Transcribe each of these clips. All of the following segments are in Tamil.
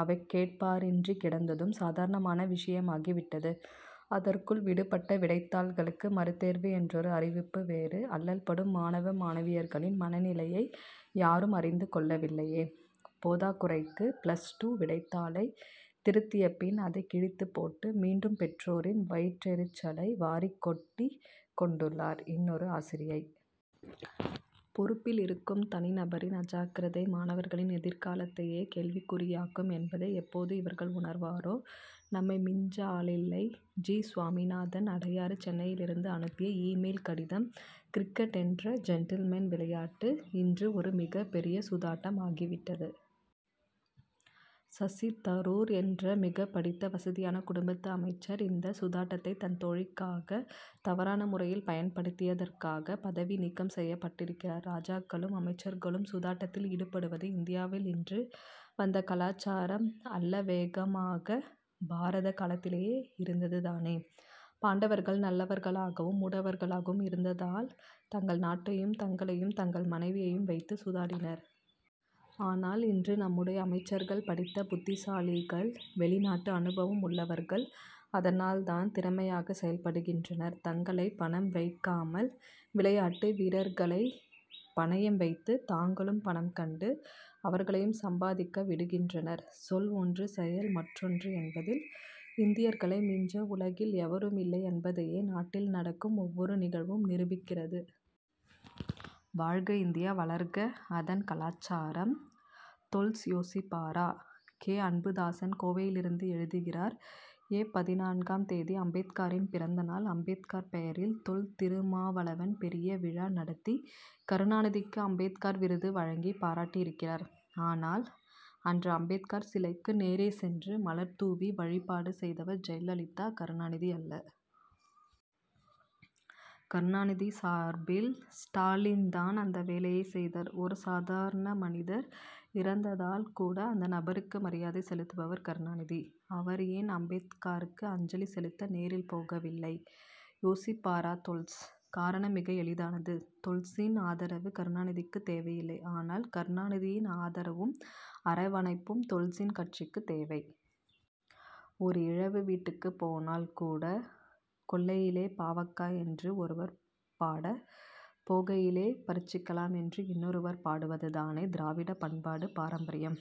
அவை கேட்பாரின்றி கிடந்ததும் சாதாரணமான விஷயமாகி விட்டது. அதற் குள் விடுபட்ட விடைத்தாள் களுக்கு மறுதேர்வு என் றொரு அறிவிப்பு வேறு. அல்லல்படும் மாணவ மாணவியர்களின் மனநிலையை யாரும் அறிந்து கொள்ளவில்லையே. போதாக்குறைக்கு பிளஸ் டூ விடைத்தாளை திருத்திய பின் அதை கிழித்துப் போட்டு மீண்டும் பெற்றோரின் வயிற்றெரிச்சலை வாரிக் கொட்டிக் கொண்டுள்ளார் இன்னொரு ஆசிரியை. பொறுப்பில் இருக்கும் தனி நபரின் அஜாக்கிரதை மாணவர்களின் எதிர்காலத் தையே கேள்விக்குறியாக் கும் என்பதை எப்போது இவர்கள் உணர்வரோ? நம்மை மிஞ்ச ஆளில்லை! ஜி. சுவாமிநாதன் அடையாறு சென்னையிலிருந்து அனுப்பிய இ-மெயில் கடிதம் கிரிக்கெட் என்ற ஜென்டில்மென் விளையாட்டு இன்று ஒரு மிகப் பெரிய சூதாட்டம் ஆகி விட்டது. சசி தரூர் என்ற மிகப் படித்த வசதியான குடும்பத்து அமைச்சர் இந்த சூதாட்டத்தை தன் தோழிக்காக தவறான முறையில் பயன்படுத்தியதற்காக பதவி நீக்கம் செய்யப்பட்டிருக்கிறார். ராஜாக்களும் அமைச்சர்களும் சூதாட்டத்தில் ஈடுபடுவது இந்தியாவில் இன்று வந்த கலாசாரம் அல்லவேமகாபாரத காலத்திலேயே இருந்தது தானே! பாண்டவர்கள் நல்லவர் களாகவும் மூடர்களாகவும் இருந்ததால் தங்கள் நாட்டையும் தங்களையும் தங்கள் மனைவியையும் வைத்து சூதாடினர். ஆனால் இன்று நம்முடைய அமைச்சர்கள் படித்த புத்திசாலிகள் வெளிநாட்டு அனுபவம் உள்ளவர் கள்அதனால் தான் திறமையாக செயல்படுகின்றனர். தங்களை பணயம் வைக் காமல் விளையாட்டு வீரர் களை பணயம் வைத்து தாங்களும் பணம் கண்டு அவர்களையும் சம்பாதிக்க விடுகின்றனர். சொல் ஒன்று செயல் மற்றொன்று என்பதில் இந்தியர்களை மிஞ்ச உலகில் எவரும் இல்லை என்பதையே நாட்டில் நடக்கும் ஒவ்வொரு நிகழ்வும் நிரூபிக்கிறது. வாழ்க இந்தியா வளர்க அதன் கலாசாரம்! தொல்ஸ் யோசிப்பாரா? கே. அன்புதாசன் கோவையிலிருந்து எழுதுகிறார் ஏப். பதினான்காம் தேதி அம்பேத்கரின் பிறந்த நாள். அம்பேத்கர் பெயரில் தொல். திருமாவளவன் பெரிய விழா நடத்தி கருணாநிதிக்கு அம்பேத்கர் விருது வழங்கிப் பாராட்டி இருக்கிறார். ஆனால் அன்று அம்பேத்கர் சிலைக்கு நேரே சென்று மலர் தூவி வழிபாடு செய்தவர் ஜெயலலிதா கருணாநிதி அல்ல. கருணாநிதி சார்பில் ஸ்டாலின் தான் அந்த வேலையைச் செய்தார். ஒரு சாதாரண மனிதர் இறந்தால் கூட அந்த நபருக்கு மரியாதை செலுத்துபவர் கருணாநிதி. அவர் ஏன் அம்பேத் கருக்கு அஞ்சலி செலுத்த நேரில் போகவில்லை? யோசிப்பாரா தொல்ஸ்? காரணம் மிக எளிதானது. தொல்சின் ஆதரவு கருணாநிதிக்கு தேவை இல்லை ஆனால் கருணாநிதியின் ஆதரவும் அரவணைப்பும் தொல்சின் கட்சிக்குத் தேவை. ஒரு இழவு வீட்டுக்குப் போனால் கூட கொல்லையிலே பாவக்கா என்று ஒருவர் பாட போகையிலே பறிச்சிக்கலாம் என்று இன்னொருவர் பாடுவது தானே திராவிட பண்பாடு பாரம்பரியம்.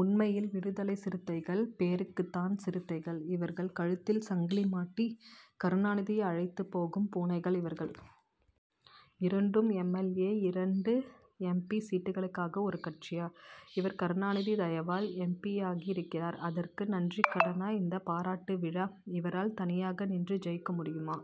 உண்மையில் விடுதலைச் சிறுத்தைகள் பேருக்குத்தான் சிறுத் தைகள் இவர்கள் கழுத்தில் சங்கிலி மாட்டி கருணாநிதி அழைத்துப் போகும் பூனைகள் இவர்கள். இரண்டு எம். எல். ஏ. இரண்டு எம். பி. சீட்டுகளுக்காக ஒரு கட்சியா? இவர் கருணாநிதி தயவால் எம். பி. யாகி இருக்கிறார். அதற்கு நன்றிக் கடனா இந்தப் பாராட்டு விழா? இவரால் தனியாக நின்று ஜெயிக்க முடியுமா?